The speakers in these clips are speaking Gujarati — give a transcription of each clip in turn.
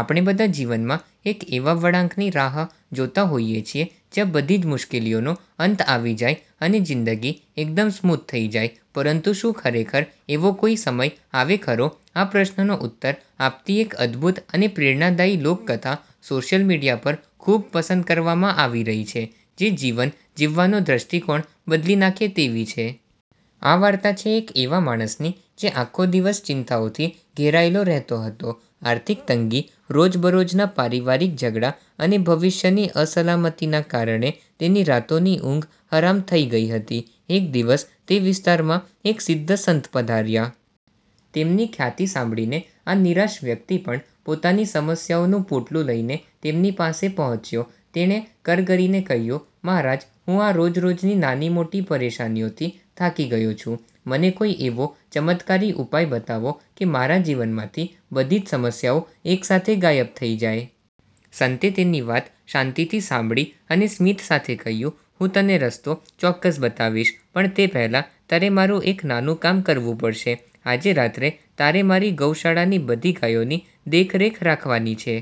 આપણે બધા જીવનમાં એક એવા વળાંકની રાહ જોતા હોઈએ છીએ જ્યાં બધી જ મુશ્કેલીઓનો અંત આવી જાય અને જિંદગી એકદમ સ્મૂધ થઈ જાય. પરંતુ શું ખરેખર એવો કોઈ સમય આવે ખરો? આ પ્રશ્નનો ઉત્તર આપતી એક અદભુત અને પ્રેરણાદાયી લોકકથા સોશિયલ મીડિયા પર ખૂબ પસંદ કરવામાં આવી રહી છે, જે જીવન જીવવાનો દૃષ્ટિકોણ બદલી નાખે તેવી છે. આ વાર્તા છે એક એવા માણસની જે આખો દિવસ ચિંતાઓથી ઘેરાયેલો રહેતો હતો. આર્થિક તંગી, રોજબરોજના પારિવારિક ઝઘડા અને ભવિષ્યની અસલામતીના કારણે તેની રાતોની ઊંઘ હરામ થઈ ગઈ હતી. એક દિવસ તે વિસ્તારમાં એક સિદ્ધ સંત પધાર્યા. તેમની ખ્યાતિ સાંભળીને આ નિરાશ વ્યક્તિ પણ પોતાની સમસ્યાઓનું પોટલું લઈને તેમની પાસે પહોંચ્યો. તેણે કરગરીને કહ્યું, "મહારાજ, હું આ રોજ-રોજની નાની-મોટી પરેશાનીઓથી થાકી ગયો છું. મને કોઈ એવો ચમત્કારી ઉપાય બતાવો કે મારા જીવનમાંથી બધી જ સમસ્યાઓ એકસાથે ગાયબ થઈ જાય!" સંતે તેની વાત શાંતિથી સાંભળી અને સ્મિત સાથે કહ્યું, "હું તને રસ્તો ચોક્કસ બતાવીશ, પણ તે પહેલાં તારે મારું એક નાનું કામ કરવું પડશે. આજે રાત્રે તારે મારી ગૌશાળાની બધી ગાયોની દેખરેખ રાખવાની છે.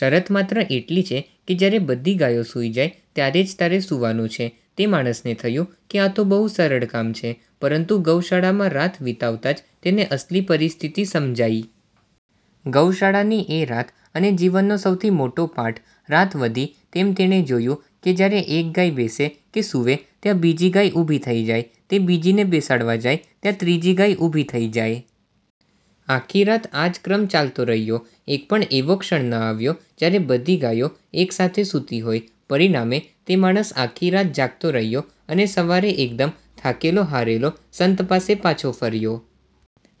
શરત માત્ર એટલી છે કે જ્યારે બધી ગાયો સૂઈ જાય, ત્યારે જ તારે સૂવાનું છે." તે માણસને થયું કે આ તો બહુ સરળ કામ છે. પરંતુ ગૌશાળામાં રાત વિતાવતા જ તેને અસલી પરિસ્થિતિ સમજાઈ. ગૌશાળાની એ રાત અને જીવનનો સૌથી મોટો પાઠ. રાત વધી તેમ તેણે જોયું કે જ્યારે એક ગાય બેસે કે સૂવે, ત્યાં બીજી ઊભી થઈ જાય. તે બીજીને બેસાડવા જાય ત્યાં ત્રીજી ગાય ઊભી થઈ જાય. આખી રાત આ જ ક્રમ ચાલતો રહ્યો. એક પણ એવો ક્ષણ ન આવ્યો જ્યારે બધી ગાયો એકસાથે સૂતી હોય. પરિણામે, તે માણસ આખી રાત જાગતો રહ્યો અને સવારે એકદમ થાકેલો-હારેલો સંત પાસે પાછો ફર્યો.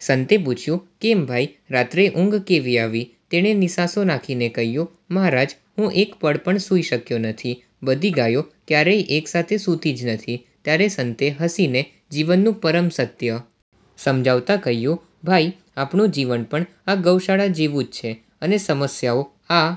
સંતે પૂછ્યું, "કેમ ભાઈ, રાત્રે ઊંઘ કેવી આવી?" તેણે નિસાસો નાખીને કહ્યું, "મહારાજ, હું એક પળ પણ સૂઈ શક્યો નથી. બધી ગાયો ક્યારેય એકસાથે સૂતી જ નથી!" ત્યારે સંતે હસીને જીવનનું પરમ સત્ય સમજાવતા કહ્યું, "ભાઈ, આપણું જીવન પણ આ ગૌશાળા જેવું જ છે અને સમસ્યાઓ આ